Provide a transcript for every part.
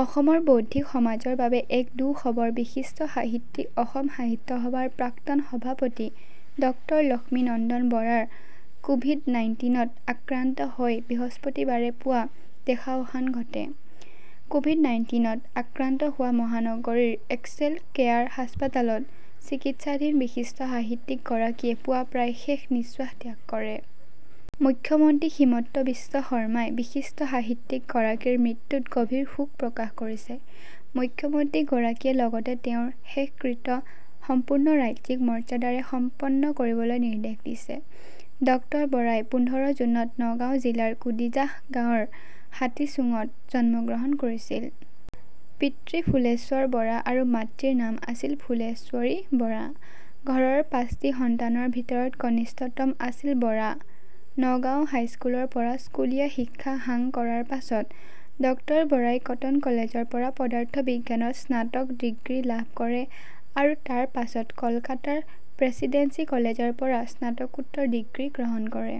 অসমৰ বৌদ্ধিক সমাজৰ বাবে এক দু:খৱৰ, বিশিষ্ট সাহিত্যিক অসম সাহিত্য সভাৰ প্ৰাক্তন সভাপতি ডক্টৰ লক্ষ্মীনন্দন বৰাৰ কোভিড নাইণ্টিনত আক্ৰান্ত হৈ বৃহস্পতিবাৰে পুৱা দেহাৱসান ঘটে। কোভিড নাইণ্টিনত আক্ৰান্ত হোৱা মহানগৰীৰ এক্সেল কেয়াৰ হাস্পাতালত চিকিৎসাধীন বিশিষ্ট সাহিত্যিক গৰাকীয়ে পুৱা প্ৰায় শেষ নিশ্বাস ত্যাগ কৰে। মুখ্যমন্ত্ৰী হিমন্ত বিশ্ব শৰ্মাই বিশিষ্ট সাহিত্যিক গৰাকীৰ মৃত্যুত গভীৰ শোক প্ৰকাশ কৰিছে। মুখ্যমন্ত্ৰী গৰাকীয়ে লগতে তেওঁৰ শেষকৃত্য সম্পূৰ্ণ ৰাজ্যিক মৰ্যাদাৰে সম্পন্ন কৰিবলৈ নিৰ্দেশ দিছে। ডক্টৰ বৰাই পোন্ধৰ জুনত নগাঁও জিলাৰ কুদিজাহ গাওঁৰ হাতীচোঙত জন্মগ্ৰহণ কৰিছিল। পিতৃ ফুলেশ্বৰ বৰা আৰু মাতৃৰ নাম আছিল ফুলেশ্বৰী বৰা। ঘৰৰ পাঁচটি সন্তানৰ ভিতৰত কনিষ্ঠতম আছিল বৰা। নগাঁও হাইস্কুলৰ পৰা স্কুলীয়া শিক্ষা সাং কৰাৰ পাছত ডক্টৰ বৰাই কটন কলেজৰ পৰা পদাৰ্থ বিজ্ঞানত স্নাতক ডিগ্ৰী লাভ কৰে আৰু তাৰ পাছত কলকাতাৰ প্ৰেছিডেন্সি কলেজৰ পৰা স্নাতকোত্তৰ ডিগ্ৰী গ্ৰহণ কৰে।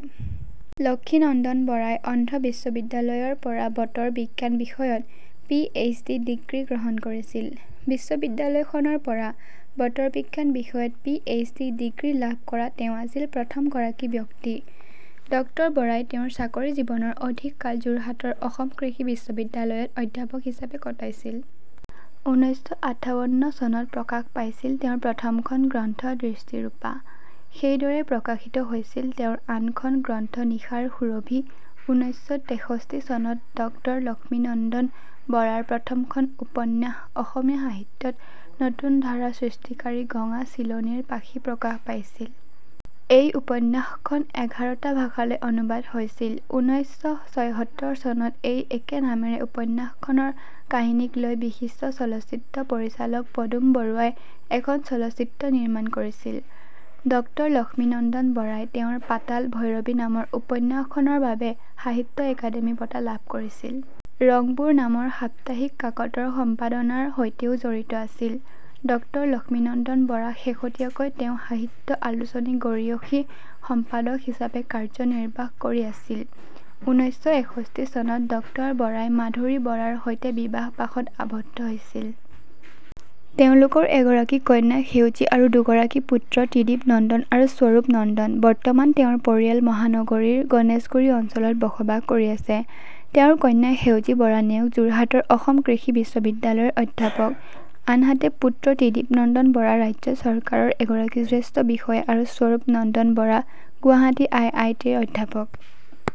লক্ষীনন্দন বৰাই অন্ধ্ৰ বিশ্ববিদ্যালয়ৰ পৰা বতৰ বিজ্ঞান বিষয়ত পি এইচ ডি ডিগ্ৰী গ্ৰহণ কৰিছিল। বিশ্ববিদ্যালয়খনৰ পৰা বতৰ বিজ্ঞান বিষয়ত পি এইচ ডি ডিগ্ৰী লাভ কৰা তেওঁ আছিল প্ৰথম গৰাকী ব্যক্তি। ডক্টৰ বৰাই তেওঁৰ চাকৰি জীৱনৰ অধিক কাল যোৰহাটৰ অসম কৃষি বিশ্ববিদ্যালয়ত অধ্যাপক হিচাপে কটাইছিল। ঊনৈশ শ আঠাৱন্ন চনত প্ৰকাশ পাইছিল তেওঁৰ প্ৰথমখন গ্ৰন্থ "দৃষ্টিৰূপা"। সেইদৰে প্ৰকাশিত হৈছিল তেওঁৰ আনখন গ্ৰন্থ "নিশাৰ সুৰভি" ঊনৈশ শ তেষষ্ঠি চনত। ডক্টৰ লক্ষ্মীনন্দন বৰাৰ প্ৰথমখন উপন্যাস অসমীয়া সাহিত্যত নতুন ধাৰা সৃষ্টিকাৰী "গঙা চিলনীৰ পাখি" প্ৰকাশ পাইছিল। এই উপন্যাসখন এঘাৰ টা ভাষালৈ অনুবাদ হৈছিল। ঊনৈশ শ ছয়সত্তৰ চনত এই একে নামেৰে উপন্যাসখনৰ কাহিনীক লৈ বিশিষ্ট চলচ্চিত্ৰ পৰিচালক পদুম বৰুৱাই এখন চলচ্চিত্ৰ নিৰ্মাণ কৰিছিল। ডক্টৰ লক্ষ্মীনন্দন বৰাই তেওঁৰ "পাতাল ভৈৰৱী" নামৰ উপন্যাসখনৰ বাবে সাহিত্য একাডেমী বঁটা লাভ কৰিছিল। ৰংপুৰ নামৰ সাপ্তাহিক কাকতৰ সম্পাদনাৰ সৈতেও জড়িত আছিল। ডক্টৰ লক্ষ্মীনন্দন বৰা শেহতীয়াকৈ তেওঁ সাহিত্য আলোচনী গৰীয়সী সম্পাদক হিচাপে কাৰ্যনিৰ্বাহ কৰি আছিল। ঊনৈশ শ এষষ্ঠি চনত ডক্টৰ বৰাই মাধুৰী বৰাৰ সৈতে বিবাহপাশত আৱদ্ধ হৈছিল। তেওঁলোকৰ এগৰাকী কন্যা সেউজী আৰু দুগৰাকী পুত্ৰ ত্ৰিদীপ নন্দন আৰু স্বৰূপ নন্দন। বৰ্তমান তেওঁৰ পৰিয়াল মহানগৰীৰ গণেশগুৰি অঞ্চলত বসবাস কৰি আছে। তেওঁৰ কন্যা সেউজী বৰা নেওগ যোৰহাটৰ অসম কৃষি বিশ্ববিদ্যালয়ৰ অধ্যাপক। আনহাতে পুত্ৰ ত্ৰিদীপ নন্দন বৰা ৰাজ্য চৰকাৰৰ এগৰাকী জ্যেষ্ঠ বিষয়া আৰু স্বৰূপ নন্দন বৰা গুৱাহাটী আই আই টিৰ অধ্যাপক।